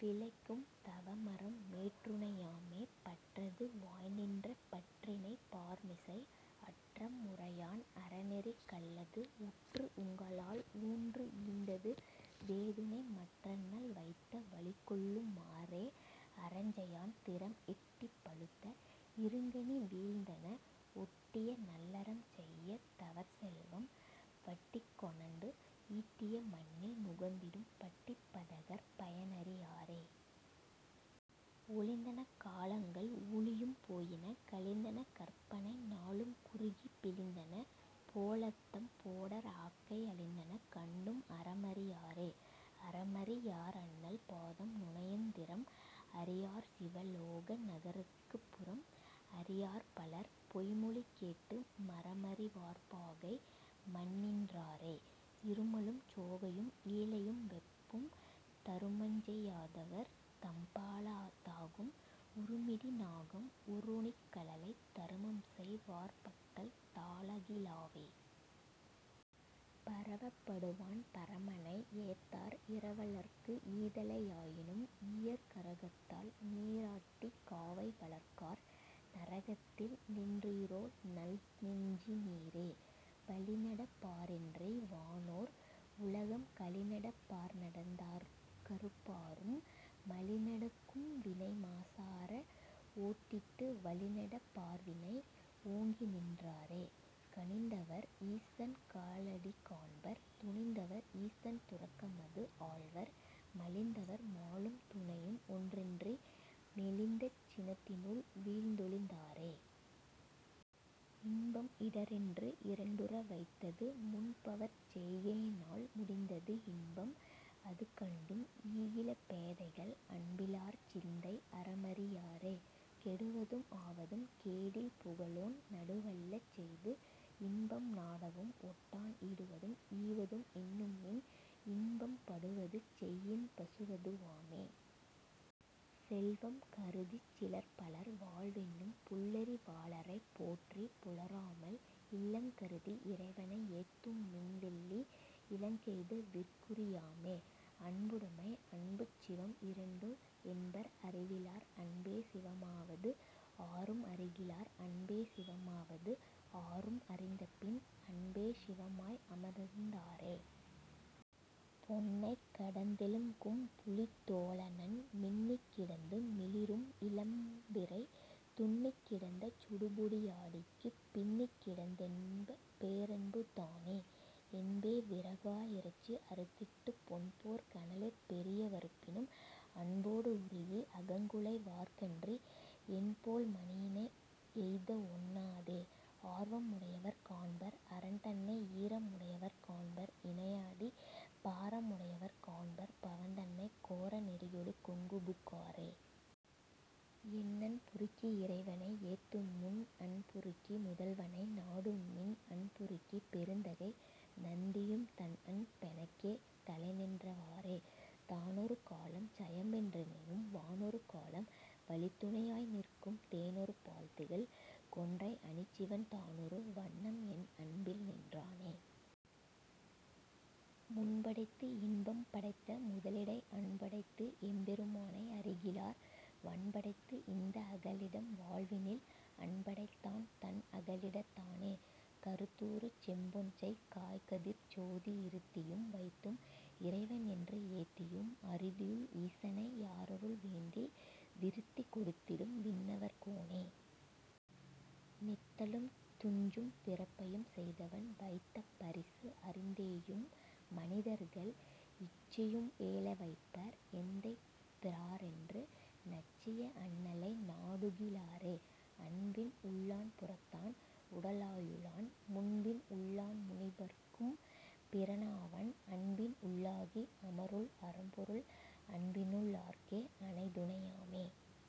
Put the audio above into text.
விளைக்கும் தவமறம் மேற்றுணை யாமே. பற்றது வாய்நின்ற பற்றினைப் பார்மிசை அற்றம் உரையான் அறநெறிக் கல்லது உற்று உங்களால் உற்றும் ஈந்தது வேதுணை மற்றண்ணல் வைத்த வழிகொள்ளு மாறே... அறஞ்செயான் திறம் எட்டி பழுத்த இருங்கனி வீழ்ந்தன ஒட்டிய நல்லறம் செய்யா தவர்செல்வம் வட்டிகொணடு ஈட்டியே மண்ணில் முகந்திடும் பட்டிப் பதகர் பயன்அறி யாரே. ஒழிந்தன காலங்கள் ஊழியும் போயின கழிந்தன கற்பனை நாளுங் குறுகிப் பிழிந்தன போலத்தம் போடர் ஆக்கை அழிந்தன கண்டும் அறம்அறி யாரே. அறம்அறி யார்அண்ணல் பாதம் நினையுந் திறம்அறி யார்சிவ லோக நகர்க்குப் புறம்அறி யார்பலர் பொய்மொழி கேட்டு மறம்அறி வார்பாகை மன்னிநின் றாரே. இருமலும் சோகையும் ஈளையும் வெப்பும் தருமஞ்செய் யாதவர் தம்பால தாகும் உருமிடி நாகம் உரோணி கழலை தருமம்செய் வார்பக்கல் தாழகி லாவே. பரவப் படுவான் பரமனை ஏத்தார் இரவலர்க்கு ஈதலை யாயினும் ஈயார் கரகத்தால் நீராட்டிக் காவை வளர்க்கார் நரகத்தில் நிற்றிரோ நல்நெஞ்சி னீரே. வழிநடப் பாரின்றி வானோர் உலகம் கழிநடப் பார்நடந் தார்கருப் பாரும் மழிநடக் கும்வினை மாசற ஓட்டிட்டு வழிநடப் பார்வினை ஓங்கிநின் றாரே. கனிந்தவர் ஈசன் கழலடி காண்பர் துணிந்தவர் ஈசன் துறக்கமது ஆள்வர் மலிந்தவர் மாளும் துணையும்ஒன் றின்றி மெலிந்த சினத்தினுள் வீழ்ந்தொழிந் தாரே. இன்பம் இடரென்று இரண்டுற வைத்தது முன்பவர் செய்கையி னால் முடிந்தது இன்பம் அதுகண்டும் ஈகிலாப் பேதைகள் அன்பிலார் சிந்தை அறமறி யாரே. கெடுவதும் ஆவதும் கேடில் புகழோன் நடுவல்ல செய்து இன்பம் நாடவும் ஒட்டான் இடுவதும் ஈவதும் எண்ணுமின் இன்பம் படுவது செய்யின் பசுவது வாமே. செல்வம் கருதிச் சிலர்பலர் வாழ்வெனும் புல்லறி வாளரைப் போற்றிப் புலராமல் இல்லங் கருதி இறைவனை ஏத்துமின் வில்லி இலக்கெய்த விற்குறி யாமே... அன்புடைமை அன்பு சிவம் இரண்டு என்பர் அறிவிலார் அன்பே சிவமாவது ஆரும் அறிகிலார் அன்பே சிவமாவது ஆரும் அறிந்தபின் அன்பே சிவமாய் அமர்ந்திருந் தாரே. பொன்னைக் கடந்திலங் கும்புலித் தோலனன் மின்னிக் கிடந்து மிளிரும் இளம்பிறை துன்னிக் கிடந்த சுடுபொடி யாடிக்குப் பின்னிக் கிடந்ததென் பேரன்பு தானே. என்பே விறகா இறைச்சி அறுத்திட்டுப் பொன்போற் கனலிற் பெரிய வறுப்பினும் அன்போடு உருகி அகங்குழை வார்க்கன்றி என்போல் மணியினை எய்தஒண் ணாதே. ஆர்வம் உடையவர் காண்பார் அரன்தன்னை ஈரம் உடையவர் காண்பார் இணையாடி பாரம் உடையவர் காண்பார் பவந்தன்னைக் கோர நெறிகொடு கொங்குபுக் காரே. என்அன் புருக்கி இறைவனை ஏத்துமின் முன்அன் புருக்கி முதல்வனை நாடுமின் பின்அன் புருக்கிப் பெருந்தகை நந்தியும் தன்அன் பெனக்கே தலைநின்ற வாறே. தானொரு காலம் சயம்பு என் றேத்தினும் வானொரு காலம் வழித்துணை யாய்நிற்கும் தேனொரு பால்திகழ் கொன்றை அணிசிவன் தானொரு வண்ணம்என் அன்பில்நின் றானே. முன்படைத்து இன்பம் படைத்த முதலிடை அன்புஅடைத்து எம்பெரு மானை அறிகிலார் வன்படைத்து இந்த அகலிடம் வாழ்வினில் அன்புஅடைத் தான்தன் அகலிடத் தானே. கருத்துறு செம்பொன்செய் காய்கதிர்ச் சோதி இருத்தியும் வைத்தும் இறைவன் என்று ஏத்தியும் அருத்தியுள் ஈசனை யாரருள் வேண்டில் விருத்தி கொடுத்திடும் விண்ணவர் கோனே. நித்தலும் துஞ்சும் பிறப்பையும் செய்தவன் வைத்த பரிசு அறிந் தேயும் மனிதர்கள் இச்சையு ளேவைப்பர் எந்தை பிரானென்று நச்சியே அண்ணலை நாடுகி லாரே. அன்பின் உள் ளான்புறத்தான் உட லாயுளான் முன்பின்உள் ளான்முனி வர்க்கும் பிரானவன் அன்பின்உள் ளாகி அமரும் அரும்பொருள் அன்பினுள் ளார்க்கே அணைதுணை யாமே...